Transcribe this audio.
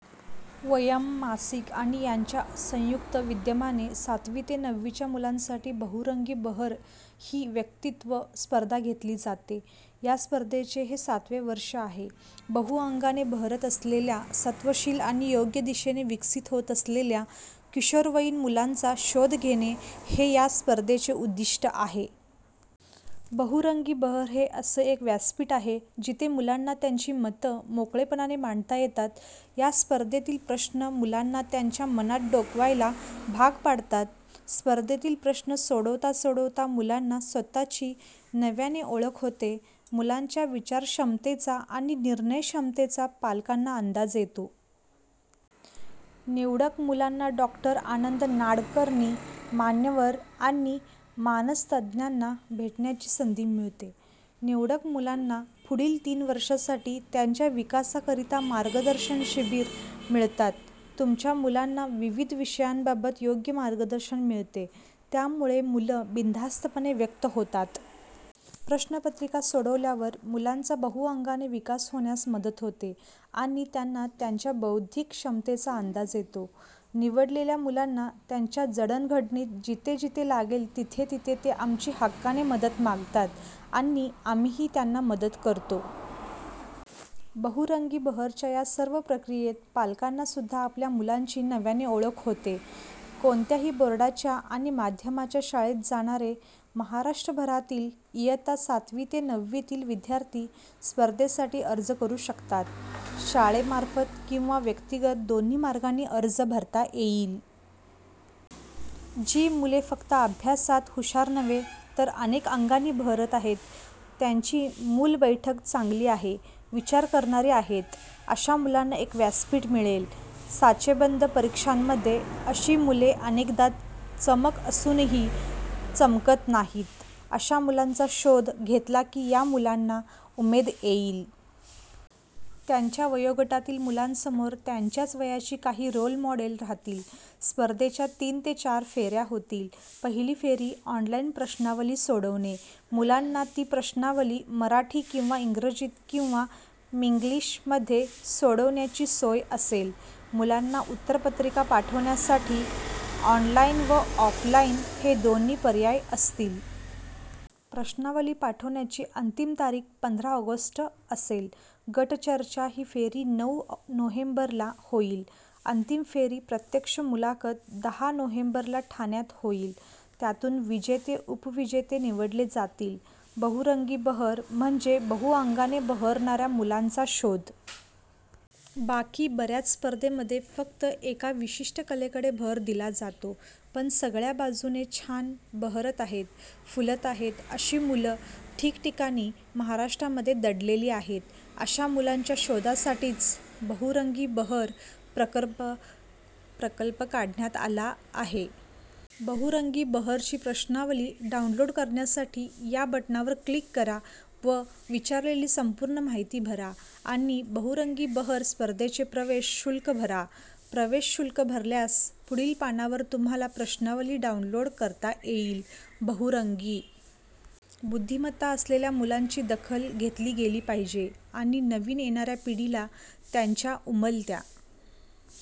वयम मासिक आणि यांच्या संयुक्त विद्यमाने सातवी ते नववीच्या मुलांसाठी बहुरंगी बहर ही व्यक्तित्व स्पर्धा घेतली जाते. या स्पर्धेचे हे सातवे वर्ष आहे. बहुअंगाने बहरत असलेल्या, सत्वशील आणि योग्य दिशेने विकसित होत असलेल्या किशोरवयीन मुलांचा शोध घेणे, हे या स्पर्धेचे उद्दिष्ट आहे. बहुरंगी बहर हे असं एक व्यासपीठ आहे, जिथे मुलांना त्यांची मतं मोकळेपणाने मांडता येतात. या स्पर्धेतील प्रश्न मुलांना त्यांच्या मनात डोकवायला भाग पाडतात. स्पर्धेतील प्रश्न सोडवता सोडवता मुलांना स्वतःची नव्याने ओळख होते. मुलांच्या विचारक्षमतेचा आणि निर्णयक्षमतेचा पालकांना अंदाज येतो. निवडक मुलांना डॉ. आनंद नाडकर्णी, मान्यवर आणि मानसतज्ज्ञाना भेटण्याची संधी मिळते. निवडक मुलांना पुढील तीन वर्षांसाठी त्यांच्या विकासाकरिता मार्गदर्शन शिबिरं मिळतात. तुमच्या मुलांना विविध विषयांबाबत योग्य मार्गदर्शन मिळते त्यामुळे मुलं बिनधास्तपणे व्यक्त होतात. प्रश्नपत्रिका सोडवल्यावर, मुलांचा बहुअंगाने विकास होण्यास मदत होते आणि त्यांना त्यांच्या बौद्धिक क्षमतेचा अंदाज येतो. निवडलेल्या मुलांना त्यांच्या जडण-घडणीत जिथे-जिथे लागेल तिथे तिथे ते आमची हक्काने मदत मागतात आणि आम्हीही त्यांना मदत करतो. बहुरंगी बहरच्या या सर्व प्रक्रियेत पालकांनासुद्धा आपल्या मुलांची नव्याने ओळख होते. कोणत्याही बोर्डाच्या आणि माध्यमाच्या शाळेत जाणारे महाराष्ट्रभरातील इयत्ता सातवी ते नववीतील विद्यार्थी स्पर्धेसाठी अर्ज करू शकतात. शाळेमार्फत किंवा व्यक्तिगत दोन्ही मार्गांनी अर्ज भरता येईल. जी मुले फक्त अभ्यासात हुशार नव्हे, तर अनेक अंगांनी बहरत आहेत, त्यांची मूल्यबैठक चांगली आहे, विचार करणारी आहेत, अशा मुलांना एक व्यासपीठ मिळेल. साचेबंद परीक्षांमध्ये अशी मुले अनेकदा चमक असूनही चमकत नाहीत. अशा मुलांचा शोध घेतला की या मुलांना उमेद येईल. त्यांच्या वयोगटातील मुलांसमोर त्यांच्याच वयाची काही रोल मॉडेल राहतील. स्पर्धेच्या तीन ते चार फेऱ्या होतील. पहिली फेरी ऑनलाइन प्रश्नावली सोडवणे. मुलांना ती प्रश्नावली मराठी किंवा इंग्रजीत किंवा मिंग्लिशमध्ये सोडवण्याची सोय असेल. मुलांना उत्तरपत्रिका पाठवण्यासाठी ऑनलाइन व ऑफलाइन हे दोन्ही पर्याय असतील. प्रश्नावली पाठवण्याची अंतिम तारीख पंधरा ऑगस्ट असेल. गटचर्चा ही फेरी नऊ नोव्हेंबरला होईल. अंतिम फेरी प्रत्यक्ष मुलाखत दहा नोव्हेंबरला ठाण्यात होईल. त्यातून विजेते उपविजेते निवडले जातील. बहुरंगी बहर म्हणजे बहुअंगाने बहरणाऱ्या मुलांचा शोध. बाकी बऱ्याच स्पर्धेमध्ये फक्त एका विशिष्ट कलेकडे भर दिला जातो. पण सगळ्या बाजूने छान बहरत आहेत, फुलत आहेत अशी मुलं ठिकठिकाणी महाराष्ट्रामध्ये दडलेली आहेत. अशा मुलांच्या शोधासाठीच बहुरंगी बहर प्रकल्प काढण्यात आला आहे. बहुरंगी बहर ची प्रश्नावली डाऊनलोड करण्यासाठी या बटणावर क्लिक करा व विचारलेली संपूर्ण माहिती भरा आणि बहुरंगी बहर स्पर्धेचे प्रवेश शुल्क भरा. प्रवेश शुल्क भरल्यास पुढील पानावर तुम्हाला प्रश्नावली डाऊनलोड करता येईल. बहुरंगी बुद्धीमत्ता असलेल्या मुलांची दखल घेतली गेली पाहिजे आणि नवीन येणाऱ्या पिढीला त्यांच्या उमलत्या